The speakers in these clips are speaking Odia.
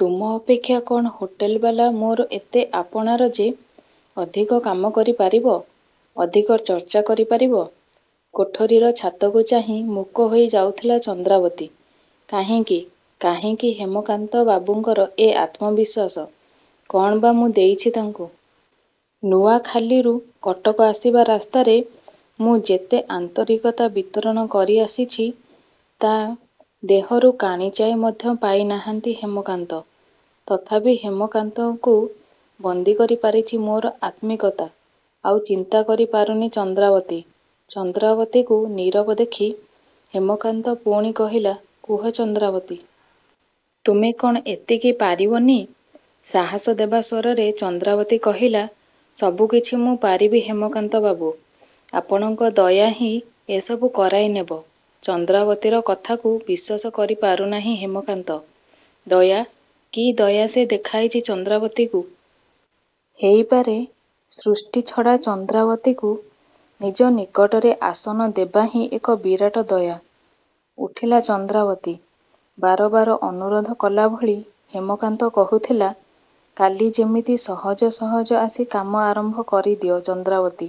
ତୁମ ଅପେକ୍ଷା କ'ଣ ହୋଟେଲ ବାଲା ମୋର ଏତେ ଆପଣାର ଯେ-ଅଧିକ କାମ କରି ପାରିବ? ଅଧିକ ଚର୍ଚ୍ଚା କରି ପାରିବ? '' କୋଠରୀର ଛାତକୁ ଚାହିଁ ମୂକ ହୋଇ ଯାଉଥିଲା ଚନ୍ଦ୍ରାବତୀ କାହିଁକି କାହିଁକି ହେମକାନ୍ତ ବାବୁଙ୍କର ଏ ଆତ୍ମବିଶ୍ୱାସ? କ'ଣ ବା ମୁଁ ଦେଇଛି ତାଙ୍କୁ? ନୂଆଖାଲିରୁ କଟକ ଆସିବା ରାସ୍ତାରେ ମୁଁ ଯେତେ ଆନ୍ତରିକତା ବିତରଣ କରି ଆସିଛି ତା'। ଦେହରୁ କାଣିଚାଏ ମଧ୍ୟ ପାଇ ନାହାନ୍ତି ହେମକାନ୍ତ। ତଥାପି ହେମକାନ୍ତଙ୍କୁ ବନ୍ଦୀ କରି ପାରିଛି ମୋର ଆତ୍ମିକତା। ଆଉ ଚିନ୍ତା କରି ପାରୁନି ଚନ୍ଦ୍ରାବତୀ। ଚନ୍ଦ୍ରାବତୀକୁ ନୀରବ ଦେଖି ହେମକାନ୍ତ ପୁଣି କହିଲା ''କୁହ ଚନ୍ଦ୍ରାବତୀ! ତୁମେ କ'ଣ ଏତିକ ପାରିବନି? '' ସାହାସ ଦେବା ସ୍ୱରରେ ଚନ୍ଦ୍ରାବତୀ କହିଲା-''ସବୁକିଛି ମୁଁ ପାରିବି ହେମକାନ୍ତ ବାବୁ ଆପଣଙ୍କ ଦୟା ହିଁ ଏସବୁ କରାଇ ନେବ। '' ଚନ୍ଦ୍ରାବତୀର କଥାକୁ ବିଶ୍ୱାସ କରି ପାରୁନାହିଁ ହେମକାନ୍ତ। ଦୟା। କି ଦୟା ସେ ଦେଖାଇଛି ଚନ୍ଦ୍ରାବତୀକୁ? ହେଇପାରେ.. ସୃଷ୍ଟି ଛଡ଼ା ଚନ୍ଦ୍ରାବତୀକୁ ନିଜ ନିକଟରେ ଆସନ ଦେବା ହିଁ ଏକ ବିରାଟ ଦୟା। ଉଠିଲା ଚନ୍ଦ୍ରାବତୀ ବାର ବାର ଅନୁରୋଧ କଲାଭଳି ହେମକାନ୍ତ କହୁଥିଲା କାଲି ଯେମିତି ସହଜ ସହଜ ଆସି କାମ ଆରମ୍ଭ କରିଦିଅ ଚନ୍ଦ୍ରାବତୀ।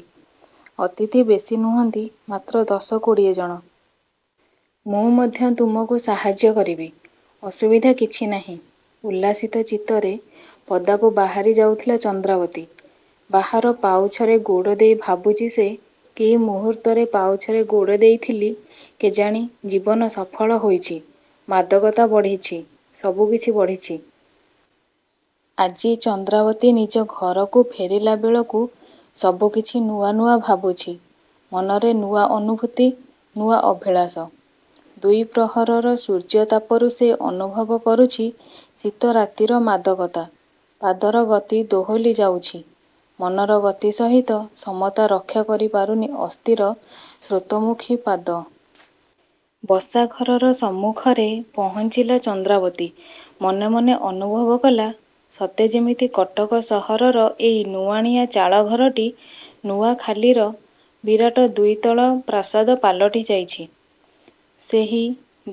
ଅତିଥୀ ବେଶୀ ନୁହଁନ୍ତି। ମାତ୍ର ଦଶ କୋଡ଼ିଏ ଜଣ। ମୁଁ ମଧ୍ୟ ତୁମକୁ ସାହାଯ୍ୟ କରିବି। ଅସୁବିଧା କିଛି ନାହିଁ। ଉଲ୍ଲସିତ ଚିତ୍ତରେ ପଦାକୁ ବାହାରି ଯାଉଥିଲା ଚନ୍ଦ୍ରାବତୀ। ବାହାର ପାଉଛରେ ଗୋଡ଼ ଦେଇ ଭାବୁଛି ସେ କି ମୁହୂର୍ତ୍ତରେ ପାଉଛରେ ଗୋଡ଼ ଦେଇଥିଲି କେଜାଣି ଜୀବନ ସଫଳ ହୋଇଛି ମାଦକତା ବଢ଼ିଛି.. ସବୁ କିଛି ବଢ଼ିଛି। ଆଜି ଚନ୍ଦ୍ରାବତୀ ନିଜ ଘରକୁ ଫେରିଲା ବେଳକୁ ସବୁ କିଛି ନୂଆ ନୂଆ ଭାବୁଛି। ମନରେ ନୂଆ ଅନୁଭୂତି, ନୂଆ ଅଭିଳାଷ। ଦ୍ୱି'ପ୍ରହରର ସୂର୍ଯ୍ୟତାପରୁ ସେ ଅନୁଭବ କରୁଛି ଶୀତ ରାତିର ମାଦକତା। ପାଦର ଗତି ଦୋହଲି ଯାଉଛି। ମନର ଗତି ସହିତ ସମତା ରକ୍ଷା କରି ପାରୁନି ଅସ୍ଥିର ସ୍ରୋତମୁଖୀ ପାଦ। ବସା ଘରର ସମ୍ମୁଖରେ ପହଞ୍ଚିଲା ଚନ୍ଦ୍ରାବତୀ। ମନେ ମନେ ଅନୁଭବ କଲା ସତେ ଯେମିତି କଟକ ସହରର ଏଇ ନୁଆଣିଆଁ ଚାଳଘରଟି ନୂଆଖାଲିର ବିରାଟ ଦ୍ୱିତଳ ପ୍ରାସାଦ ପାଲଟି ଯାଇଛି। ସେହି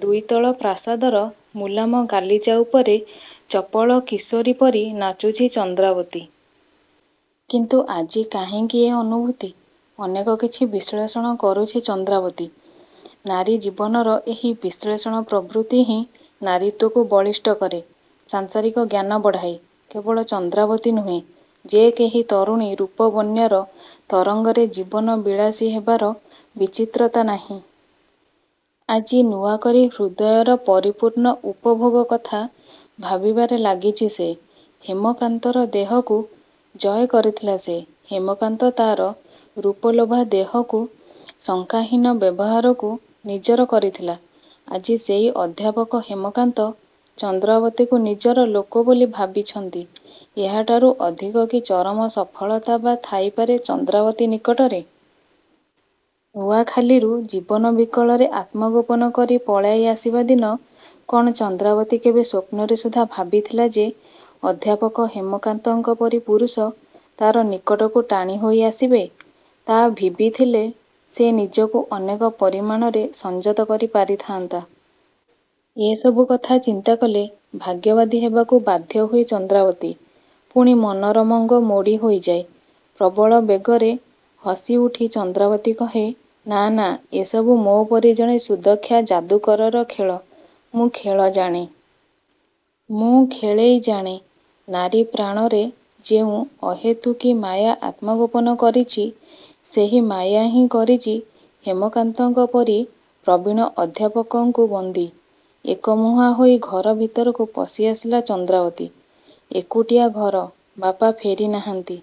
ଦ୍ୱିତଳ ପ୍ରାସାଦର ମୁଲାମ ଗାଲିଚା ଉପରେ ଚପଳ କିଶୋରୀ ପରି ନାଚୁଛି ଚନ୍ଦ୍ରାବତୀ। କିନ୍ତୁ ଆଜି କାହିଁକି ଏ ଅନୁଭୂତି? ଅନେକ କିଛି ବିଶ୍ଲେଷଣ କରୁଛି ଚନ୍ଦ୍ରାବତୀ। ନାରୀ ଜୀବନର ଏହି ବିଶ୍ଲେଷଣ ପ୍ରବୃତ୍ତି ହିଁ ନାରୀତ୍ୱକୁ ବଳିଷ୍ଠ କରେ। ସାଂସାରିକ ଜ୍ଞାନ ବଢ଼ାଏ। କେବଳ ଚନ୍ଦ୍ରବାତୀ ନୁହେଁ ଯେ କେହି ତରୁଣୀ ରୂପ ବନ୍ୟାର ତରଙ୍ଗରେ ଜୀବନ ବିଳାସୀ ହେବାର ବିଚିତ୍ରତା ନାହିଁ। ଆଜି ନୂଆକରି ହୃଦୟର ପରିପୂର୍ଣ୍ଣ ଉପଭୋଗ କଥା ଭାବିବାରେ ଲାଗିଛି ସେ, ହେମକାନ୍ତର ଦେହକୁ ଜୟ କରିଥିଲା ସେ। ହେମକାନ୍ତ ତା'ର ରୂପଲୋଭା ଦେହକୁ.. ଶଙ୍କାହୀନ ବ୍ୟବହାରକୁ ନିଜର କରିଥିଲା। ଆଜି ସେହି ଅଧ୍ୟାପକ ହେମକାନ୍ତ.. ଚନ୍ଦ୍ରାବତୀକୁ ନିଜର ଲୋକବୋଲି ଭାବିଛନ୍ତି। ଏହାଠାରୁ ଅଧିକ କି ଚରମ ସଫଳତା ବା' ଥାଇପାରେ ଚନ୍ଦ୍ରାବତୀ ନିକଟରେ? ନୂଆଖାଲିରୁ ଜୀବନ ବିକଳରେ ଆତ୍ମଗୋପନ କରି ପଳାଇ ଆସିବା ଦିନ କ'ଣ ଚନ୍ଦ୍ରାବତୀ କେବେ ସ୍ୱପ୍ନରେ ସୁଦ୍ଧା ଭାବିଥିଲା ଯେ ଅଧ୍ୟାପକ ହେମକାନ୍ତଙ୍କ ପରି ପୁରୁଷ ତା'ର ନିକଟକୁ ଟାଣି ହୋଇ ଆସିବେ? ତା' ଭିବିଥିଲେ ସେ ନିଜକୁ ଅନେକ ପରିମାଣରେ ସଂଯତ କରି ପାରିଥାନ୍ତା। ଏ ସବୁ କଥା ଚିନ୍ତା କଲେ ଭାଗ୍ୟବାଦୀ ହେବାକୁ ବାଧ୍ୟ ହୁଏ ଚନ୍ଦ୍ରାବତୀ। ପୁଣି ମନର ମଙ୍ଗ ମୋଡ଼ି ହୋଇଯାଏ। ପ୍ରବଳ ବେଗରେ ହସି ଉଠି ଚନ୍ଦ୍ରାବତୀ କହେ ''ନାଁ ନାଁ ଏ ସବୁ ମୋ ପରି ଜଣେ ସୁଦକ୍ଷା ଯାଦୁକରର ଖେଳ। ମୁଁ ଖେଳ ଜାଣେ। ମୁଁ ଖେଳେଇ ଜାଣେ। ନାରୀ ପ୍ରାଣରେ ଯେଉଁ ଅହେତୁକୀ ମାୟା ଆତ୍ମଗୋପନ କରିଛି ସେହି ମାୟା ହିଁ କରିଛି ହେମକାନ୍ତଙ୍କ ପରି ପ୍ରବୀଣ ଅଧ୍ୟାପକଙ୍କୁ ବନ୍ଦୀ! '' ଏକ ମୁହାଁ ହୋଇ ଘର ଭିତରକୁ ପଶି ଆସିଲା ଚନ୍ଦ୍ରାବତୀ। ଏକୁଟିଆ ଘର। ବାପା ଫେରି ନାହାଁନ୍ତି।